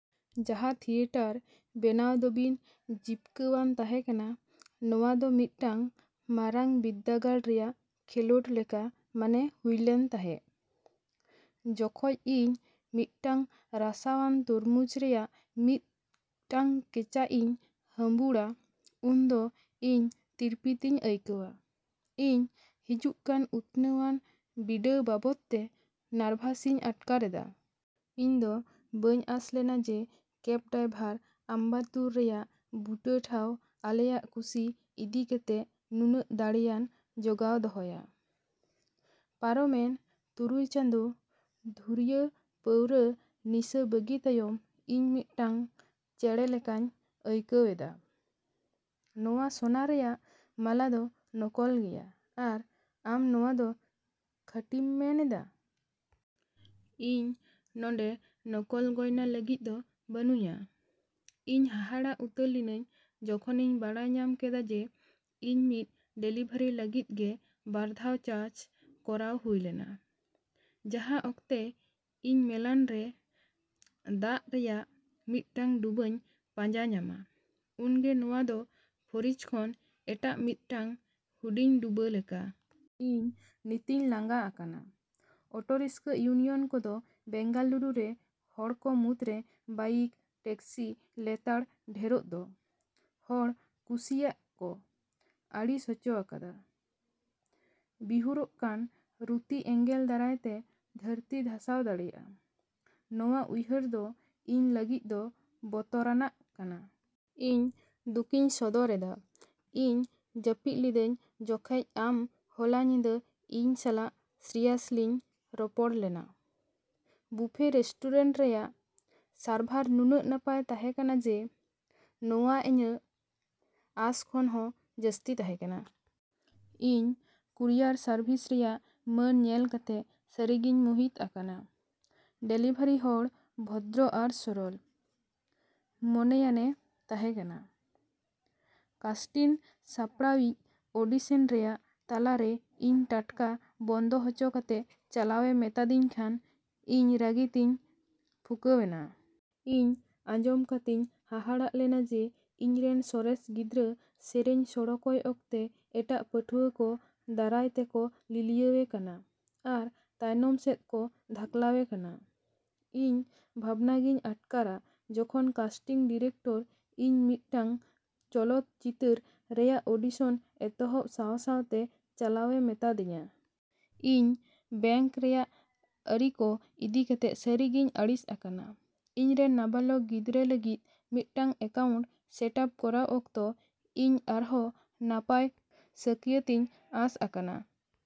ᱡᱟᱦᱟᱸ ᱛᱷᱤᱭᱮᱴᱟᱨ ᱵᱮᱱᱟᱣ ᱫᱚ ᱵᱤᱱ ᱡᱤᱵᱠᱟᱹᱣᱟᱱ ᱛᱟᱦᱮᱸ ᱠᱟᱱᱟ᱾ᱱᱚᱶᱟ ᱫᱚ ᱢᱤᱫᱴᱟᱝ ᱢᱟᱨᱟᱝ ᱵᱤᱨᱫᱟᱹᱜᱟᱲ ᱨᱮᱭᱟᱜ ᱠᱷᱮᱞᱳᱰ ᱞᱮᱠᱟ ᱢᱚᱱᱮ ᱦᱩᱭᱞᱮᱱ ᱛᱟᱦᱮᱸ᱾ ᱡᱚᱠᱷᱚᱡ ᱤᱧ ᱢᱤᱫᱴᱟᱝ ᱨᱟᱥᱟᱣᱟᱱ ᱛᱚᱨᱢᱩᱡᱽ ᱨᱮᱭᱟᱜ ᱢᱤᱫᱴᱟᱝ ᱠᱮᱪᱟᱜ ᱤᱧ ᱦᱟᱺᱵᱩᱲᱟ ᱩᱱᱫᱚ ᱤᱧ ᱛᱤᱨᱯᱤᱛᱤᱧ ᱟᱹᱭᱠᱟᱹᱣᱟ᱾ ᱤᱧ ᱦᱤᱡᱩᱜᱠᱟᱱ ᱩᱛᱱᱟᱹᱣᱟᱱ ᱵᱤᱰᱟᱹᱣ ᱵᱟᱵᱚᱫᱛᱮ ᱱᱟᱨᱵᱷᱟᱥ ᱥᱟᱹᱦᱤᱡ ᱤᱧ ᱟᱴᱠᱟᱨ ᱮᱫᱟ᱾ ᱤᱧᱫᱚ ᱵᱟᱹᱧ ᱟᱸᱥᱞᱮᱱᱟ ᱡᱮ ᱠᱮᱵ ᱰᱟᱭᱵᱷᱟᱨ ᱟᱢᱵᱟᱛᱩᱨ ᱨᱮᱭᱟᱜ ᱵᱩᱴᱟᱹ ᱴᱷᱟᱣ ᱟᱞᱮᱭᱟᱜ ᱠᱩᱥᱤ ᱤᱫᱤ ᱠᱟᱛᱮ ᱱᱩᱱᱟᱹᱜ ᱫᱟᱲᱮᱭᱟᱱ ᱡᱚᱜᱟᱣ ᱫᱚᱦᱚᱭᱟ᱾ ᱯᱟᱨᱚᱢᱮᱱ ᱛᱩᱨᱩᱭ ᱪᱟᱸᱫᱳ ᱫᱷᱩᱨᱤᱭᱟᱹ ᱯᱟᱹᱣᱨᱟᱹ ᱱᱤᱥᱟᱹ ᱵᱟᱹᱜᱤ ᱛᱟᱭᱚᱢ ᱤᱧ ᱢᱤᱫᱴᱟᱝ ᱪᱮᱬᱮ ᱞᱮᱠᱟᱧ ᱟᱹᱭᱠᱟᱹᱣ ᱮᱫᱟ᱾ ᱱᱚᱣᱟ ᱥᱚᱱᱟ ᱨᱮᱭᱟᱜ ᱢᱟᱞᱟ ᱫᱚ ᱱᱚᱠᱚᱞ ᱜᱮᱭᱟ ᱟᱨ ᱟᱢ ᱱᱚᱣᱟ ᱫᱚ ᱠᱷᱟᱹᱴᱤᱢ ᱢᱮᱱ ᱮᱫᱟ? ᱤᱧ ᱱᱚᱰᱮᱸ ᱱᱚᱠᱚᱞ ᱜᱚᱭᱱᱟ ᱞᱟᱹᱜᱤᱫ ᱫᱚ ᱵᱟᱹᱱᱩᱧᱟ! ᱤᱧ ᱦᱟᱦᱟᱲᱟᱜ ᱩᱛᱟᱹᱨ ᱞᱤᱱᱟᱹᱧ ᱡᱚᱠᱷᱚᱱ ᱤᱧ ᱵᱟᱰᱟᱭ ᱧᱟᱢ ᱠᱮᱫᱟ ᱡᱮ ᱤᱧ ᱢᱤᱫ ᱰᱮᱞᱤᱵᱷᱟᱨᱤ ᱞᱟᱹᱜᱤᱫ ᱜᱮ ᱵᱟᱨ ᱫᱷᱟᱣ ᱪᱟᱨᱡᱽ ᱠᱚᱨᱟᱣ ᱦᱩᱭ ᱞᱮᱱᱟ᱾ ᱡᱟᱦᱟᱸ ᱚᱠᱛᱮ ᱤᱧ ᱢᱮᱞᱟᱱ ᱨᱮ ᱫᱟᱜ ᱨᱮᱭᱟᱜ ᱢᱤᱫᱴᱟᱝ ᱰᱩᱵᱟᱹᱧ ᱯᱟᱸᱡᱟ ᱧᱟᱢᱟ, ᱩᱱᱜᱮ ᱱᱚᱣᱟ ᱫᱚ ᱯᱷᱨᱤᱡᱽ ᱠᱷᱚᱱ ᱮᱴᱟᱜ ᱢᱤᱫᱴᱟᱝ ᱦᱩᱰᱤᱧ ᱰᱩᱵᱟᱹ ᱞᱮᱠᱟ᱾ ᱤᱧ ᱱᱤᱛᱤᱧ ᱞᱟᱸᱜᱟ ᱟᱠᱟᱱᱟ᱾ ᱚᱴᱚ ᱨᱤᱠᱥᱟ ᱤᱭᱩᱱᱤᱭᱚᱱ ᱠᱚᱫᱚ ᱵᱮᱝᱜᱟᱞᱩᱨᱩ ᱨᱮ ᱦᱚᱲ ᱠᱚ ᱢᱩᱫᱽᱨᱮ ᱵᱟᱭᱤᱠ ᱴᱮᱠᱥᱤ ᱞᱮᱛᱟᱲ ᱰᱷᱮᱨᱚᱜ ᱫᱚ ᱦᱚᱲ ᱠᱩᱥᱤᱭᱟᱜ ᱠᱚ ᱟᱹᱲᱤᱥ ᱦᱚᱪᱚ ᱟᱠᱟᱫᱟ᱾ ᱵᱤᱦᱩᱨᱚᱜ ᱠᱟᱱ ᱨᱩᱛᱤ ᱮᱸᱜᱮᱞ ᱫᱟᱨᱟᱭᱛᱮ ᱫᱷᱟᱹᱨᱛᱤ ᱫᱷᱟᱥᱟᱣ ᱫᱟᱲᱮᱭᱟᱜᱼᱟ ᱱᱚᱣᱟ ᱩᱭᱦᱟᱹᱨ ᱫᱚ ᱤᱧ ᱞᱟᱹᱜᱤᱫ ᱫᱚ ᱵᱚᱛᱚᱨᱟᱱᱟᱜ ᱠᱟᱱᱟ᱾ ᱤᱧ ᱫᱩᱠᱤᱧ ᱥᱚᱫᱚ ᱨᱮᱫᱟ ᱤᱧ ᱡᱟᱹᱯᱤᱫ ᱞᱤᱫᱟᱹᱧ ᱡᱚᱠᱷᱮᱡ ᱟᱢ ᱦᱚᱞᱟ ᱧᱤᱫᱟᱹ ᱤᱧ ᱥᱟᱞᱟᱜ ᱥᱤᱨᱤᱭᱟᱥᱞᱤᱧ ᱨᱚᱯᱚᱲ ᱞᱮᱱᱟ᱾ ᱵᱩᱯᱷᱮ ᱨᱮᱥᱴᱩᱨᱮᱱᱴ ᱨᱮᱭᱟᱜ ᱥᱟᱨᱵᱷᱟᱨ ᱱᱩᱱᱟᱹᱜ ᱱᱟᱯᱟᱭ ᱛᱟᱦᱮᱸ ᱠᱟᱱᱟ ᱡᱮ ᱱᱚᱣᱟ ᱤᱧᱟᱹᱜ ᱟᱸᱥ ᱠᱷᱚᱱ ᱦᱚᱸ ᱡᱟᱹᱥᱛᱤ ᱛᱟᱦᱮᱸ ᱠᱟᱱᱟ᱾ ᱤᱧ ᱠᱩᱨᱤᱭᱟᱨ ᱥᱟᱨᱵᱷᱤᱥ ᱨᱮᱭᱟᱜ ᱢᱟᱹᱱ ᱧᱮᱞ ᱠᱟᱛᱮ ᱥᱟᱹᱨᱤ ᱜᱤᱧ ᱢᱩᱦᱤᱛ ᱟᱠᱟᱱᱟ᱾ ᱰᱮᱞᱤᱵᱷᱟᱨᱤ ᱦᱚᱲ ᱵᱷᱚᱫᱨᱚ ᱟᱨ ᱥᱚᱨᱚᱞ ᱢᱚᱱᱮᱭᱟᱱ ᱮ ᱛᱟᱦᱮᱸ ᱠᱟᱱᱟ᱾ ᱠᱟᱥᱴᱤᱱ ᱥᱟᱯᱲᱟᱣᱤᱡ ᱚᱰᱤᱥᱚᱱ ᱨᱮᱭᱟᱜ ᱛᱟᱞᱟ ᱨᱮ ᱤᱧ ᱴᱟᱴᱠᱟ ᱵᱚᱱᱫᱚ ᱦᱚᱪᱚ ᱠᱟᱛᱮ ᱪᱟᱞᱟᱣᱮ ᱢᱮᱛᱟᱫᱤᱧ ᱠᱷᱟᱱ ᱤᱧ ᱨᱟᱹᱜᱤᱛᱮᱧ ᱯᱷᱩᱞᱟᱹᱣᱮᱱᱟ᱾ ᱤᱧ ᱟᱸᱡᱚᱢ ᱠᱟᱛᱮᱧ ᱦᱟᱦᱟᱲᱟᱜ ᱞᱮᱱᱟ ᱡᱮ ᱤᱧᱨᱮᱱ ᱥᱚᱨᱮᱥ ᱜᱤᱫᱽᱨᱟᱹ ᱥᱮᱨᱮᱧ ᱥᱚᱲᱠᱚᱭ ᱚᱠᱛᱮ ᱮᱴᱟᱜ ᱯᱟᱹᱴᱷᱩᱣᱟ ᱠᱚ ᱫᱟᱨᱟᱭ ᱛᱮᱠᱚ ᱞᱤᱞᱤᱭᱟᱹᱣᱮ ᱠᱟᱱᱟ ᱟᱨ ᱛᱟᱭᱚᱱᱚᱢ ᱥᱮᱫ ᱠᱚ ᱫᱷᱟᱠᱞᱟᱣᱮ ᱠᱟᱱᱟ᱾ ᱤᱧ ᱵᱷᱟᱵᱽᱱᱟ ᱜᱮᱧ ᱟᱴᱠᱟᱨᱟ ᱡᱚᱠᱷᱚᱱ ᱠᱟᱥᱴᱤᱝ ᱰᱤᱨᱮᱠᱴᱚᱨ ᱤᱧ ᱢᱤᱫᱴᱟᱝ ᱪᱚᱞᱚᱛ ᱪᱤᱛᱟᱹᱨ ᱨᱮᱭᱟᱜ ᱚᱰᱤᱥᱚᱱ ᱮᱛᱚᱦᱚᱵ ᱥᱟᱶ ᱥᱟᱶᱛᱮ ᱪᱟᱞᱟᱣᱮ ᱢᱤᱛᱟᱹᱫᱤᱧᱟ᱾ ᱤᱧ ᱵᱮᱝᱠ ᱨᱮᱭᱟᱜ ᱟᱹᱨᱤ ᱠᱚ ᱤᱫᱤ ᱠᱟᱛᱮ ᱥᱟᱹᱨᱤᱜᱤᱧ ᱟᱹᱲᱤᱥ ᱟᱠᱟᱱᱟ᱾ ᱤᱧᱨᱮᱱ ᱱᱟᱵᱟᱞᱚᱠ ᱜᱤᱫᱽᱨᱟᱹ ᱞᱟᱹᱜᱤᱫ ᱢᱤᱫᱴᱟᱝ ᱮᱠᱟᱣᱩᱱᱴ ᱥᱮᱴᱼᱟᱯ ᱠᱚᱨᱟᱣ ᱚᱠᱛᱚ ᱤᱧ ᱟᱨᱦᱚᱸ ᱱᱟᱯᱟᱭ ᱥᱟᱹᱠᱭᱟᱹᱛ ᱤᱧ ᱟᱸᱥ ᱟᱠᱟᱱᱟ᱾